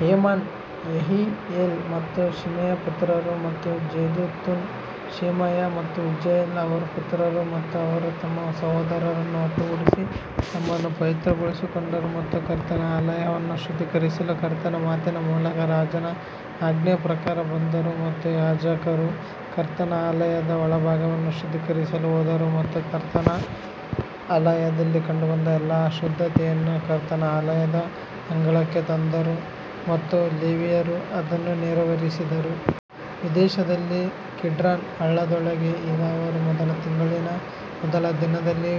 Heman ಯೆಹಿಯೇಲ್ ಮತ್ತು ಶಿಮೆಯ ಪುತ್ರರು ಮತ್ತು ಜೆದುತುನ್ ಶೆಮಾಯ ಮತ್ತು ಉಜ್ಜೀಯೇಲ್ ಅವರ ಪುತ್ರರು ಮತ್ತು ಅವರು ತಮ್ಮ ಸಹೋದರರನ್ನು ಒಟ್ಟುಗೂಡಿಸಿ ತಮ್ಮನ್ನು ಪವಿತ್ರಗೊಳಿಸಿಕೊಂಡರು ಮತ್ತು ಕರ್ತನ ಆಲಯವನ್ನು ಶುದ್ಧೀಕರಿಸಲು ಕರ್ತನ ಮಾತಿನ ಮೂಲಕ ರಾಜನ ಆಜ್ಞೆಯ ಪ್ರಕಾರ ಬಂದರು. ಮತ್ತು ಯಾಜಕರು ಕರ್ತನ ಆಲಯದ ಒಳಭಾಗವನ್ನು ಶುದ್ಧೀಕರಿಸಲು ಹೋದರು ಮತ್ತು ಕರ್ತನ ಆಲಯದಲ್ಲಿ ಕಂಡುಬಂದ ಎಲ್ಲಾ ಅಶುದ್ಧತೆಯನ್ನು ಕರ್ತನ ಆಲಯದ ಅಂಗಳಕ್ಕೆ ತಂದರು ಮತ್ತು ಲೇವಿಯರು ಅದನ್ನು ನೆರವೇರಿಸಿದರು. ವಿದೇಶದಲ್ಲಿ ಕಿಡ್ರಾನ್ ಹಳ್ಳದೊಳಗೆ ಈಗ ಅವರು ಮೊದಲ ತಿಂಗಳಿನ ಮೊದಲ ದಿನದಲ್ಲಿ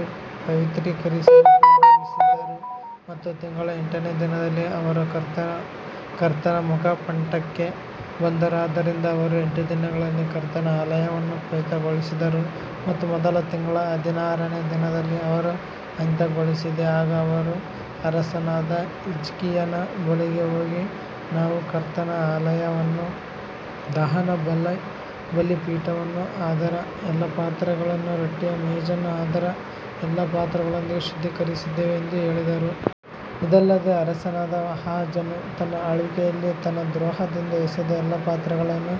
ಪವಿತ್ರೀಕರಿಸಲು ಪ್ರಾರಂಭಿಸಿದರು ಮತ್ತು ತಿಂಗಳ ಎಂಟನೇ ದಿನದಲ್ಲಿ ಅವರು ಕರ್ತನ ಮುಖಮಂಟಪಕ್ಕೆ ಬಂದರು, ಆದ್ದರಿಂದ ಅವರು ಎಂಟು ದಿನಗಳಲ್ಲಿ ಕರ್ತನ ಆಲಯವನ್ನು ಪವಿತ್ರಗೊಳಿಸಿದರು ಮತ್ತು ಮೊದಲ ತಿಂಗಳ ಹದಿನಾರನೇ ದಿನದಲ್ಲಿ ಅವರು ಅಂತ್ಯಗೊಳಿಸಿದೆ ಆಗ ಅವರು ಅರಸನಾದ ಹಿಜ್ಕೀಯನ ಬಳಿಗೆ ಹೋಗಿ, ನಾವು ಕರ್ತನ ಆಲಯವನ್ನೂ ದಹನ ಬಲಿಪೀಠವನ್ನೂ ಅದರ ಎಲ್ಲಾ ಪಾತ್ರೆಗಳನ್ನೂ ರೊಟ್ಟಿಯ ಮೇಜನ್ನೂ ಅದರ ಎಲ್ಲಾ ಪಾತ್ರೆಗಳೊಂದಿಗೆ ಶುದ್ಧೀಕರಿಸಿದ್ದೇವೆ ಎಂದು ಹೇಳಿದರು. ಇದಲ್ಲದೆ ಅರಸನಾದ ಆಹಾಜನು ತನ್ನ ಆಳ್ವಿಕೆಯಲ್ಲಿ ತನ್ನ ದ್ರೋಹದಿಂದ ಎಸೆದ ಎಲ್ಲಾ ಪಾತ್ರೆಗಳನ್ನು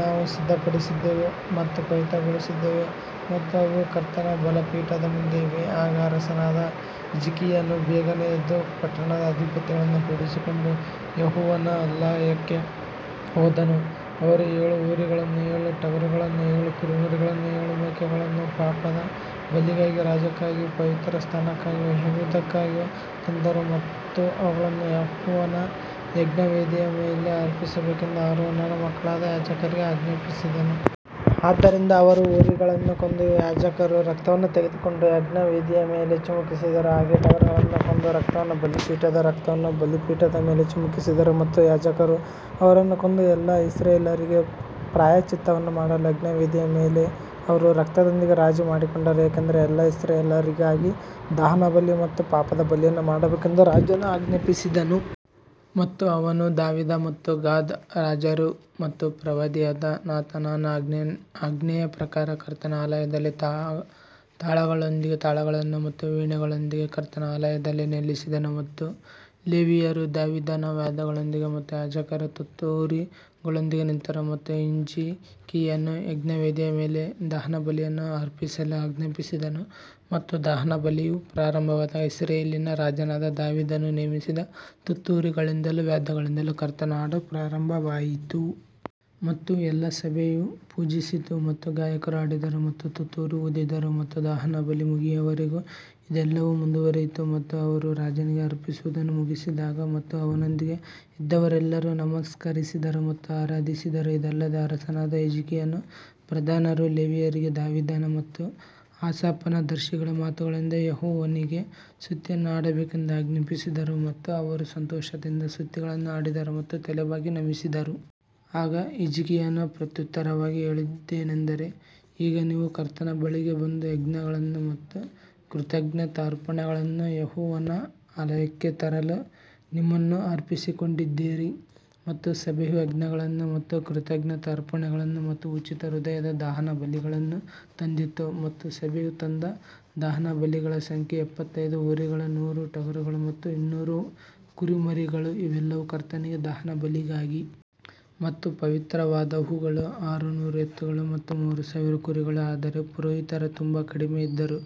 ನಾವು ಸಿದ್ಧಪಡಿಸಿದ್ದೇವೆ ಮತ್ತು ಪವಿತ್ರಗೊಳಿಸಿದ್ದೇವೆ ಮತ್ತು ಅವು ಕರ್ತನ ಬಲಿಪೀಠದ ಮುಂದೆ ಇವೆ. ಆಗ ಅರಸನಾದ ಹಿಜ್ಕೀಯನು ಬೇಗನೆ ಎದ್ದು ಪಟ್ಟಣದ ಅಧಿಪತಿಗಳನ್ನು ಕೂಡಿಸಿಕೊಂಡು ಯೆಹೋವನ ಆಲಯಕ್ಕೆ ಹೋದನು. ಅವರು ಏಳು ಹೋರಿಗಳನ್ನೂ ಏಳು ಟಗರುಗಳನ್ನೂ ಏಳು ಕುರಿಮರಿಗಳನ್ನೂ ಏಳು ಮೇಕೆಗಳನ್ನೂ ಪಾಪದ ಬಲಿಗಾಗಿ ರಾಜ್ಯಕ್ಕಾಗಿಯೂ ಪವಿತ್ರಸ್ಥಾನಕ್ಕಾಗಿಯೂ ಯೆಹೂದಕ್ಕಾಗಿಯೂ ತಂದರು ಮತ್ತು ಅವುಗಳನ್ನು ಯೆಹೋವನ ಯಜ್ಞವೇದಿಯ ಮೇಲೆ ಅರ್ಪಿಸಬೇಕೆಂದು ಆರೋನನ ಮಕ್ಕಳಾದ ಯಾಜಕರಿಗೆ ಆಜ್ಞಾಪಿಸಿದನು. ಆದ್ದರಿಂದ ಅವರು ಹೋರಿಗಳನ್ನು ಕೊಂದು ಯಾಜಕರು ರಕ್ತವನ್ನು ತೆಗೆದುಕೊಂಡು ಯಜ್ಞವೇದಿಯ ಮೇಲೆ ಚಿಮುಕಿಸಿದರು ಹಾಗೆಯೇ ಟಗರುಗಳನ್ನು ಕೊಂದು ರಕ್ತವನ್ನು ಬಲಿಪೀಠದ ಮೇಲೆ ಚಿಮುಕಿಸಿ ಕುರಿಮರಿಗಳನ್ನೂ ಕೊಂದು ರಕ್ತವನ್ನು ಬಲಿಪೀಠದ ಮೇಲೆ ಚಿಮುಕಿಸಿದರು. ಮತ್ತು ಯಾಜಕರು ಅವರನ್ನು ಕೊಂದು ಎಲ್ಲಾ ಇಸ್ರಾಯೇಲ್ಯರಿಗೆ ಪ್ರಾಯಶ್ಚಿತ್ತವನ್ನು ಮಾಡಲು ಯಜ್ಞವೇದಿಯ ಮೇಲೆ ಅವರ ರಕ್ತದೊಂದಿಗೆ ರಾಜಿ ಮಾಡಿಕೊಂಡರು, ಏಕೆಂದರೆ ಎಲ್ಲಾ ಇಸ್ರಾಯೇಲ್ಯರಿಗಾಗಿ ದಹನಬಲಿ ಮತ್ತು ಪಾಪದ ಬಲಿಯನ್ನು ಮಾಡಬೇಕೆಂದು ರಾಜನು ಆಜ್ಞಾಪಿಸಿದನು. ಮತ್ತು ಅವನು ದಾವೀದ ಮತ್ತು ಗಾದ್ ರಾಜರು ಮತ್ತು ಪ್ರವಾದಿಯಾದ ನಾತಾನನ ಆಜ್ಞೆಯ ಪ್ರಕಾರ ಕರ್ತನ ಆಲಯದಲ್ಲಿ ತಾಳಗಳೊಂದಿಗೆ ತಾಳಗಳನ್ನು ಮತ್ತು ವೀಣೆಗಳೊಂದಿಗೆ ಕರ್ತನ ಆಲಯದಲ್ಲಿ ನಿಲ್ಲಿಸಿದನು. ಮತ್ತು ಲೇವಿಯರು ದಾವೀದನ ವಾದ್ಯಗಳೊಂದಿಗೆ ಮತ್ತು ಯಾಜಕರು ತುತ್ತೂರಿಗಳೊಂದಿಗೆ ನಿಂತರು ಮತ್ತು ಹಿಜ್ಕೀಯನು ಯಜ್ಞವೇದಿಯ ಮೇಲೆ ದಹನಬಲಿಯನ್ನು ಅರ್ಪಿಸಲು ಆಜ್ಞಾಪಿಸಿದನು ಮತ್ತು ದಹನಬಲಿಯು ಪ್ರಾರಂಭವಾದಾಗ ಇಸ್ರಾಯೇಲಿನ ರಾಜನಾದ ದಾವೀದನು ನೇಮಿಸಿದ ತುತ್ತೂರಿಗಳಿಂದಲೂ ವಾದ್ಯಗಳಿಂದಲೂ ಕರ್ತನ ಹಾಡು ಪ್ರಾರಂಭವಾಯಿತು. ಮತ್ತು ಎಲ್ಲಾ ಸಭೆಯು ಪೂಜಿಸಿತು ಮತ್ತು ಗಾಯಕರು ಹಾಡಿದರು ಮತ್ತು ತುತ್ತೂರಿ ಊದಿದರು ಮತ್ತು ದಹನಬಲಿ ಮುಗಿಯುವವರೆಗೂ ಇದೆಲ್ಲವೂ ಮುಂದುವರೆಯಿತು. ಮತ್ತು ಅವರು ರಾಜನಿಗೆ ಅರ್ಪಿಸುವುದನ್ನು ಮುಗಿಸಿದಾಗ ಮತ್ತು ಅವನೊಂದಿಗೆ ಇದ್ದವರೆಲ್ಲರೂ ನಮಸ್ಕರಿಸಿದರು ಮತ್ತು ಆರಾಧಿಸಿದರು ಇದಲ್ಲದೆ ಅರಸನಾದ ಹಿಜ್ಕೀಯನೂ ಪ್ರಧಾನರೂ ಲೇವಿಯರಿಗೆ ದಾವೀದನ ಮತ್ತು ಆಸಾಫನ ದರ್ಶಿಗಳ ಮಾತುಗಳಿಂದ ಯೆಹೋವನಿಗೆ ಸ್ತುತಿಯನ್ನು ಹಾಡಬೇಕೆಂದು ಆಜ್ಞಾಪಿಸಿದರು ಮತ್ತು ಅವರು ಸಂತೋಷದಿಂದ ಸ್ತುತಿಗಳನ್ನು ಹಾಡಿದರು ಮತ್ತು ತಲೆಬಾಗಿ ನಮಿಸಿದರು. ಆಗ ಹಿಜ್ಕೀಯನು ಪ್ರತ್ಯುತ್ತರವಾಗಿ ಹೇಳಿದ್ದೇನಂದರೆ ಈಗ ನೀವು ಕರ್ತನ ಬಳಿಗೆ ಬಂದು ಯಜ್ಞಗಳನ್ನು ಮತ್ತು ಕೃತಜ್ಞತಾ ಅರ್ಪಣೆಗಳನ್ನು ಯೆಹೋವನ ಆಲಯಕ್ಕೆ ತರಲು ನಿಮ್ಮನ್ನು ಅರ್ಪಿಸಿಕೊಂಡಿದ್ದೀರಿ ಮತ್ತು ಸಭೆಯು ಯಜ್ಞಗಳನ್ನು ಮತ್ತು ಕೃತಜ್ಞತಾ ಅರ್ಪಣೆಗಳನ್ನು ಮತ್ತು ಉಚಿತ ಹೃದಯದ ದಹನಬಲಿಗಳನ್ನು ತಂದಿತು. ಮತ್ತು ಸಭೆಯು ತಂದ ದಹನಬಲಿಗಳ ಸಂಖ್ಯೆ ಎಪ್ಪತ್ತೈದು ಹೋರಿಗಳು ನೂರು ಟಗರುಗಳು ಮತ್ತು ಇನ್ನೂರು ಕುರಿಮರಿಗಳು ಇವೆಲ್ಲವೂ ಕರ್ತನಿಗೆ ದಹನಬಲಿಗಾಗಿ. ಮತ್ತು ಪವಿತ್ರವಾದವುಗಳು ಆರುನೂರು ಎತ್ತುಗಳು ಮತ್ತು ಮೂರು ಸಾವಿರ ಕುರಿಗಳು ಆದರೆ ಪುರೋಹಿತರು ತುಂಬಾ ಕಡಿಮೆಯಿದ್ದರು,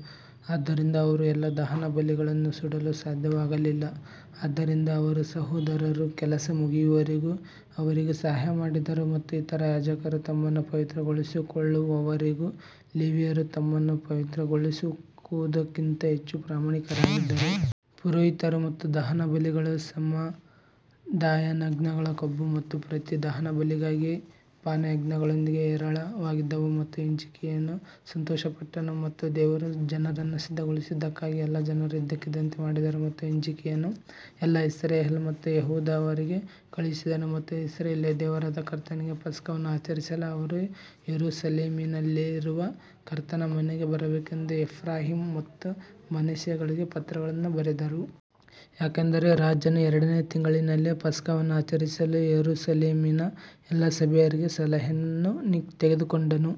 ಆದ್ದರಿಂದ ಅವರು ಎಲ್ಲಾ ದಹನಬಲಿಗಳನ್ನು ಸುಡಲು ಸಾಧ್ಯವಾಗಲಿಲ್ಲ, ಆದ್ದರಿಂದ ಅವರ ಸಹೋದರರು ಕೆಲಸ ಮುಗಿಯುವವರೆಗೂ ಅವರಿಗೆ ಸಹಾಯ ಮಾಡಿದರು ಮತ್ತು ಇತರ ಯಾಜಕರು ತಮ್ಮನ್ನು ಪವಿತ್ರಗೊಳಿಸಿಕೊಳ್ಳುವವರೆಗೂ ಲೇವಿಯರು ತಮ್ಮನ್ನು ಪವಿತ್ರಗೊಳಿಸಿಕೊಳ್ಳುವುದಕ್ಕಿಂತ ಹೆಚ್ಚು ಪ್ರಾಮಾಣಿಕರಾಗಿದ್ದರು. ಪುರೋಹಿತರು ಮತ್ತು ದಹನಬಲಿಗಳು ಸಮಾಧಾನಯಜ್ಞಗಳ ಕೊಬ್ಬು ಮತ್ತು ಪ್ರತಿ ದಹನಬಲಿಗಾಗಿ ಪಾನಯಜ್ಞಗಳೊಂದಿಗೆ ಹೇರಳವಾಗಿದ್ದವು. ಮತ್ತು ಹಿಜ್ಕೀಯನು ಸಂತೋಷಪಟ್ಟನು ಮತ್ತು ದೇವರು ಜನರನ್ನು ಸಿದ್ಧಗೊಳಿಸಿದ್ದಕ್ಕಾಗಿ ಎಲ್ಲಾ ಜನರು ಇದ್ದಕ್ಕಿದ್ದಂತೆ ಮಾಡಿದರು ಮತ್ತು ಹಿಜ್ಕೀಯನು ಎಲ್ಲಾ ಇಸ್ರಾಯೇಲ್ ಮತ್ತು ಯೆಹೂದದವರಿಗೆ ಕಳುಹಿಸಿದನು ಮತ್ತು ಇಸ್ರಾಯೇಲ್ ದೇವರಾದ ಕರ್ತನಿಗೆ ಪಸ್ಕವನ್ನು ಆಚರಿಸಲು ಅವರು ಯೆರೂಸಲೇಮಿನಲ್ಲಿರುವ ಕರ್ತನ ಮನೆಗೆ ಬರಬೇಕೆಂದು ಎಫ್ರಾಯೀಮ್ ಮತ್ತು ಮನಸ್ಸೆಗಳಿಗೆ ಪತ್ರಗಳನ್ನು ಬರೆದರು. ಯಾಕಂದರೆ ರಾಜನು ಎರಡನೇ ತಿಂಗಳಿನಲ್ಲಿ ಪಸ್ಕವನ್ನು ಆಚರಿಸಲು ಯೆರೂಸಲೇಮಿನ ಎಲ್ಲಾ ಸಭೆಯವರಿಗೆ ಸಲಹೆಯನ್ನು ತೆಗೆದುಕೊಂಡನು.